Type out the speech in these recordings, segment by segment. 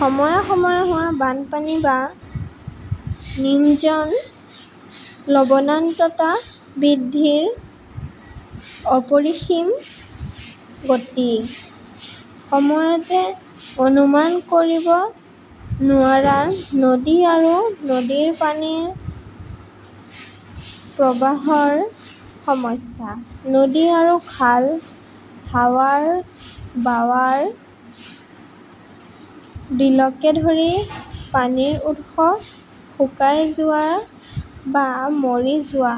সময়ে সময়ে হোৱা বানপানী বা নিমজ্জন, লবণাক্ততা বৃদ্ধিৰ অপৰিসীম গতি, সময়মতে অনুমান কৰিব নোৱাৰা নদী আৰু নদীৰ পানীৰ প্ৰৱাহৰ সমস্যা, নদী আৰু খাল, হাৱাৰ-বাৱাৰ, বিলকে ধৰি পানীৰ উৎস শুকাই যোৱা বা মৰি যোৱা,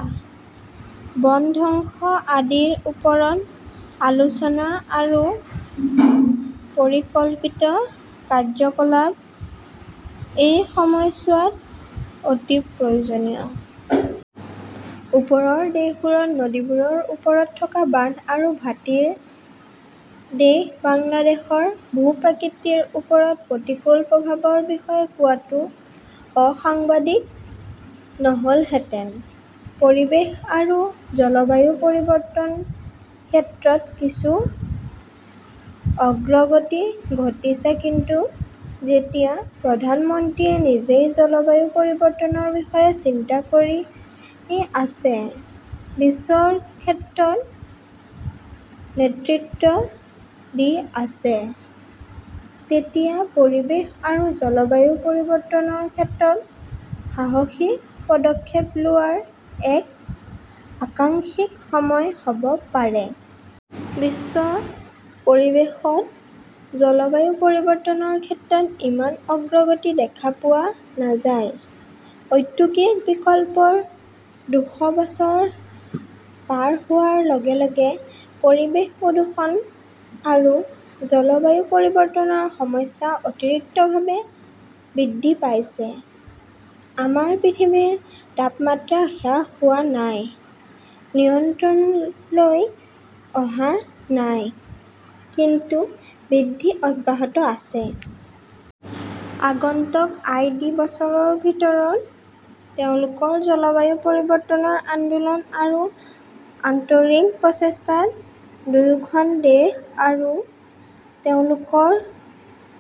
বন ধ্বংস আদিৰ ওপৰত আলোচনা আৰু পৰিকল্পিত কাৰ্যকলাপ এই সময়ছোৱাত অতি প্ৰয়োজনীয়। ওপৰৰ দেশবোৰত নদীবোৰৰ ওপৰত থকা বান্ধ আৰু ভাটিৰ দেশ বাংলাদেশৰ ভূ-প্ৰকৃতিৰ ওপৰত প্ৰতিকূল প্ৰভাৱৰ বিষয়ে কোৱাটো অসাংবিধানিক নহ'লহেঁতেন। পৰিৱেশ আৰু জলবায়ু পৰিৱৰ্তন ক্ষেত্ৰত কিছু অগ্ৰগতি ঘটিছে কিন্তু যেতিয়া প্ৰধানমন্ত্ৰীয়ে নিজেই জলবায়ু পৰিৱৰ্তনৰ বিষয়ে চিন্তা কৰি আছে, বিশ্বৰ ক্ষেত্ৰত নেতৃত্ব দি আছে তেতিয়া পৰিৱেশ আৰু জলবায়ু পৰিৱৰ্তনৰ ক্ষেত্ৰত সাহসী পদক্ষেপ লোৱাৰ এক আকাংক্ষিত সময় হ'ব পাৰে। বিশ্ব পৰিৱেশত জলবায়ু পৰিৱৰ্তনৰ ক্ষেত্ৰত ইমান অগ্ৰগতি দেখা পোৱা নাযায়। ঔদ্যোগিক বিপ্লৱৰ দুশ বছৰ পাৰ হোৱাৰ লগে লগে পৰিৱেশ প্ৰদূষণ আৰু জলবায়ু পৰিৱৰ্তনৰ সমস্যা অতিৰিক্তভাৱে বৃদ্ধি পাইছে। আমাৰ পৃথিৱীৰ তাপমাত্ৰা হ্ৰাস হোৱা নাই, নিয়ন্ত্ৰণলৈ অহা নাই, কিন্তু বৃদ্ধি অব্যাহত আছে। আগন্তুক আই. ডি. বছৰৰ ভিতৰত তেওঁলোকৰ জলবায়ু পৰিৱৰ্তন আন্দোলন আৰু আন্তৰিক প্ৰচেষ্টাত দুয়োখন দেশ আৰু তেওঁলোকৰ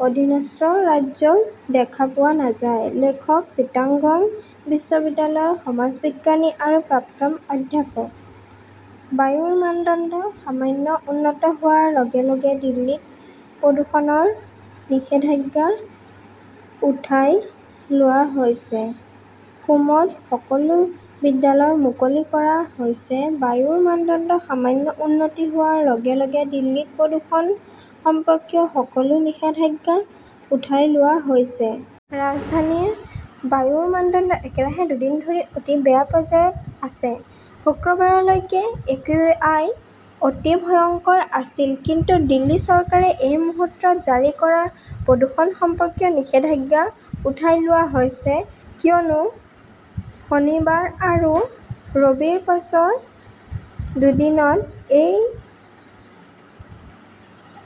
অধীনস্থ ৰাষ্ট্ৰক দেখা পোৱা নাযায়। লেখকঃ চিটাগং বিশ্ববিদ্যালয়ৰ সমাজবিজ্ঞানী আৰু প্ৰাক্তন অধ্যাপক। বায়ুৰ মানদণ্ড সামান্য উন্নত হোৱাৰ লগে লগে দিল্লীত প্ৰদূষণৰ নিষেধাজ্ঞা উঠাই লোৱা হৈছে, সোমত সকলো বিদ্যালয় মুকলি কৰা হৈছে বায়ুৰ মানদণ্ড সামান্য উন্নত হোৱাৰ লগে লগে দিল্লীত প্ৰদূষণ সম্পৰ্কীয় সকলো নিষেধাজ্ঞা উঠাই লোৱা হৈছে। ৰাজধানীৰ বায়ুৰ মানদণ্ড একেৰাহে দুদিন ধৰি অতি বেয়া পৰ্যায়ত আছে। শুক্ৰবাৰলৈকে একিউআই অতি ভয়ংকৰ আছিল। কিন্তু দিল্লী চৰকাৰে এই মুহূৰ্তত জাৰি কৰা প্ৰদূষণ সম্পৰ্কীয় নিষেধাজ্ঞা উঠাই লোৱা হৈছে কিয়নো শনিবাৰ আৰু ৰবিৰ পিছৰ দুদিনত সেই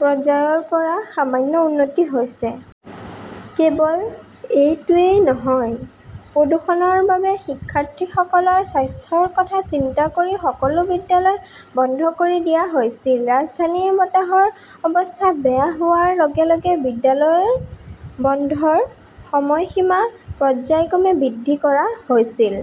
পৰ্যায়ৰ পৰা সামান্য উন্নতি হৈছে। কেৱল এইটোৱেই নহয়, প্ৰদূষণৰ বাবে শিক্ষাৰ্থীসকলৰ স্বাস্থ্যৰ কথা চিন্তা কৰি সকলো বিদ্যালয় বন্ধ কৰি দিয়া হৈছিল। ৰাজধানীৰ বতাহৰ অৱস্থা বেয়া হোৱাৰ লগে লগে বিদ্যালয় বন্ধৰ সময়সীমা পৰ্য্যায়ক্ৰমে বৃদ্ধি কৰা হৈছিল।